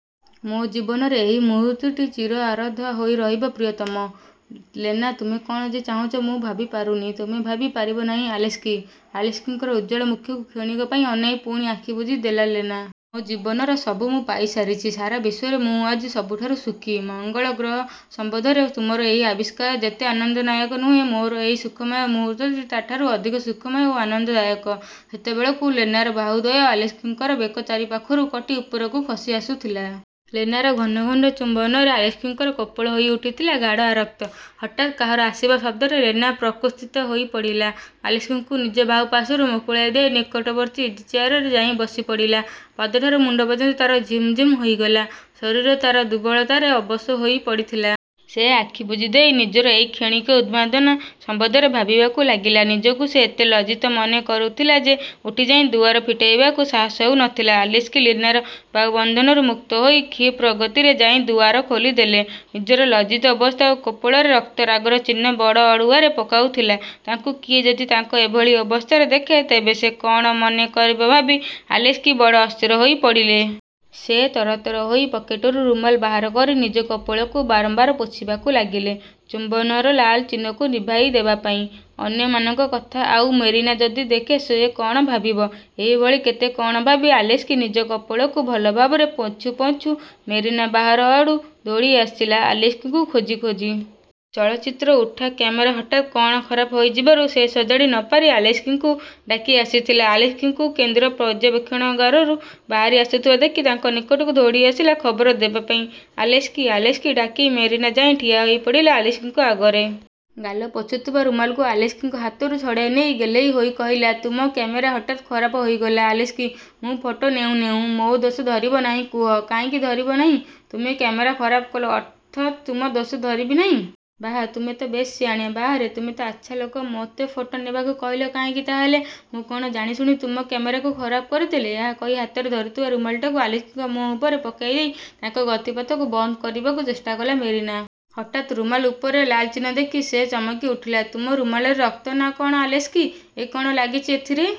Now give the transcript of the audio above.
ମୋ ଜୀବନରେ ଏହି ମୁହୂର୍ତ୍ତଟି ଚିର ଆରାଧ୍ୟ ହୋଇ ରହିବ ପ୍ରିୟତମ। '' ''ଲେନା! ତୁମେ କ'ଣ ଯେ ଚାହୁଁଛ ମୁଁ ଭାବି ପାରୁନି। '' ''ତୁମେ ଭାବି ପାରିବ ନାହିଁ ଆଲେସ୍କି! '' ଆଲେସ୍କିଙ୍କର ଉଜ୍ଜ୍ୱଳ ମୁଖକୁ କ୍ଷଣିକ ପାଇଁ ଅନାଇ ପୁଣି ଆଖି ବୁଜି ଦେଲା ଲେନା। ' ମୋ ଜୀବନର ସବୁ ମୁଁ ପାଇସାରିଛି। ସାରା ବିଶ୍ୱରେ ମୁଁ ଆଜି ସବୁଠାରୁ ସୁଖୀ। ମଙ୍ଗଳ ଗ୍ରହ ସମ୍ୱନ୍ଧରେ ତୁମର ଏହି ଆବିଷ୍କାର ଯେତେ ଆନନ୍ଦନାୟକ ନୁହେଁ, ମୋର ଏହି ସୁଖମୟ ମୁହୂର୍ତ୍ତଟି ତା'ଠାରୁ ଅଧିକ ସୁଖମୟ ଓ ଆନନ୍ଦଦାୟକ। '' ସେତେବେଳକୁ ଲେନାର ବାହୁଦ୍ୱୟ ଆଲେସ୍କିଙ୍କର ବେକ ଚାରିପାଖରୁ କଟୀ ଉପରକୁ ଖସି ଆସୁଥିଲା। ଲେନାର ଘନ ଘନ ଚୁମ୍ବନରେ ଆଲେସ୍କିଙ୍କର କପୋଳ ହୋଇଉଠିଥିଲା ଗାଢ଼ ଆରକ୍ତ। ହଠାତ୍ କାହାର ଆସିବା ଶବ୍ଦରେ ଲେନା ପ୍ରକୃତିସ୍ଥା ହୋଇପଡ଼ିଲା। ଆଲେସ୍କିଙ୍କୁ ନିଜ ବାହୁପାଶରୁ ମୁକୁଳାଇ ଦେଇ ନିକଟବର୍ତ୍ତୀ ଇଜି ଚେୟାରରେ ଯାଇ ବସିପଡ଼ିଲା। ପାଦଠାରୁ ମୁଣ୍ଡ ପର୍ଯ୍ୟନ୍ତ ତାର ଝିମ୍ଝିମ୍ ହୋଇଗଲା। ଶରୀର ତା'ର ଦୁର୍ବଳତାରେ ଅବଶ ହୋଇ ପଡ଼ିଥିଲା। ସେ ଆଖି ବୁଜିଦେଇ ନିଜର ଏହି କ୍ଷଣିକ ଉନ୍ମାଦନା ସମ୍ୱନ୍ଧରେ ଭାବିବାକୁ ଲାଗିଲା। ନିଜକୁ ସେ ଏତେ ଲଜ୍ଜିତା ମନେ କରୁଥିଲା ଯେ, ଉଠିଯାଇ ଦୁଆର ଫିଟାଇବାକୁ ସାହସ ହେଉ ନଥିଲା। ଆଲେସ୍କି ଲେନାର ବାହୁବନ୍ଧନରୁ ମୁକ୍ତ ହୋଇ କ୍ଷିପ୍ରଗତିରେ ଯାଇ ଦୁଆର ଖୋଲିଦେଲେ। ନିଜର ଲଜ୍ଜିତ ଅବସ୍ଥା ଓ କପୋଳରେ ରକ୍ତରାଗର ଚିହ୍ନ ବଡ଼ ଅଡ଼ୁଆରେ ପକାଉଥିଲା ତାଙ୍କୁ କିଏ ଯଦି ତାଙ୍କ ଏଭଳି ଅବସ୍ଥାରେ ଦେଖେ, ତେବେ ସେ କ'ଣ ମନେ କରିବ ଭାବି ଆଲେସ୍କି ବଡ଼ ଅସ୍ଥିର ହୋଇପଡ଼ିଲେ। ସେ ତରତର ହୋଇ ପକେଟରୁ ରୁମାଲ ବାହାର କରି ନିଜ କପୋଳକୁ ବାରମ୍ୱାର ପୋଛିବାକୁ ଲାଗିଲେ, ଚୁମ୍ୱନର ଲାଲ ଚିହ୍ନକୁ ନିଭାଇ ଦେବାପାଇଁ-। ଅନ୍ୟମାନଙ୍କ କଥା ଆଉ, ମେରିନା ଯଦି ଦେଖେ ସେ କ'ଣ ଭାବିବ? ଏହିଭଳି କେତେ କ'ଣ ଭାବି ଆଲେସ୍କି ନିଜ କପୋଳକୁ ଭଲଭାବରେ ପୋଛୁଁ ପୋଛୁଁ: ମେରିନା ବାହାର ଆଡ଼ୁ ଦୌଡ଼ିଆସିଲା ଆଲେସ୍କିଙ୍କୁ ଖୋଜି ଖୋଜି। ଚଳଚ୍ଚିତ୍ର ଉଠା କ୍ୟାମେରା ହଠାତ୍ କ'ଣ ଖରାପ ହୋଇଯିବାରୁ ସେ ସଜାଡ଼ି ନ ପାରି ଆଲେସ୍କିଙ୍କୁ ଡାକି ଆସିଥିଲା। ଆଲେସ୍କିଙ୍କୁ କେନ୍ଦ୍ର ପର୍ଯ୍ୟବେକ୍ଷଣାଗାରରୁ ବାହାରି ଆସୁଥିବା ଦେଖି ତାଙ୍କ ନିକଟକୁ ଦୌଡ଼ିଆସିଲା ଖବର ଦେବା ପାଇଁ। 'ଆଲେସ୍କି, ଆଲେସ୍କି'' ଡାକି ମେରିନା ଯାଇ ଠିଆ ହୋଇପଡ଼ିଲା ଆଲେସ୍କିଙ୍କ ଆଗରେ-। ଗାଲ ପୋଛୁଥିବା ରୁମାଲକୁ ଆଲେସ୍କିଙ୍କ ହାତରୁ ଛଡ଼ାଇ ନେଇ ଗେହ୍ଲେଇ ହୋଇ କହିଲା, ''ତୁମ କ୍ୟାମେରା ହଠାତ୍ ଖରାପ ହୋଇଗଲା ଆଲେସ୍କି–ମୁଁ ଫଟୋ ନେଉଁ ନେଉଁ। ମୋ ଦୋଷ ଧରିବ ନାହିଁ, କୁହ। '' ''କାହିଁକି ଧରିବ ନାହିଁ? ତୁମେ କ୍ୟାମେରା ଖରାପ କଲ ଅଥଚ ତୁମ ଦୋଷ ଧରିବି ନାହିଁ? ବାଃ! ତୁମେ ତ ବେଶ୍ ସିହାଣିଆ? '' ''ବାଃରେ, ତୁମେ ତ ଆଚ୍ଛା ଲୋକ। ମୋତେ ଫଟୋ ନେବାକୁ କହିଲ କାହିଁକି ତାହାହେଲେ? ମୁଁ କ'ଣ ଜାଣିଶୁଣି ତୁମ କ୍ୟାମେରାକୁ ଖରାପ କରିଦେଲି? '' ଏହା କହି ହାତରେ ଧରିଥିବା ରୁମାଲଟାକୁ ଆଲେସ୍କିଙ୍କ ମୁହଁ ଉପରେ ପକାଇଦେଇ ତାଙ୍କ ଗତିପଥକୁ ବନ୍ଦ କରିବାକୁ ଚେଷ୍ଟାକଲା ମେରିନା। ହଠାତ୍ ରୁମାଲ ଉପରେ ଲାଲଚିହ୍ନ ଦେଖି ସେ ଚମକି ଉଠିଲା। '' ତୁମ ରୁମାଲରେ ରକ୍ତ ନା କ'ଣ ଆଲେସ୍କି? '' ଏ କ'ଣ ଲାଗିଛି ଏଥିରେ? ''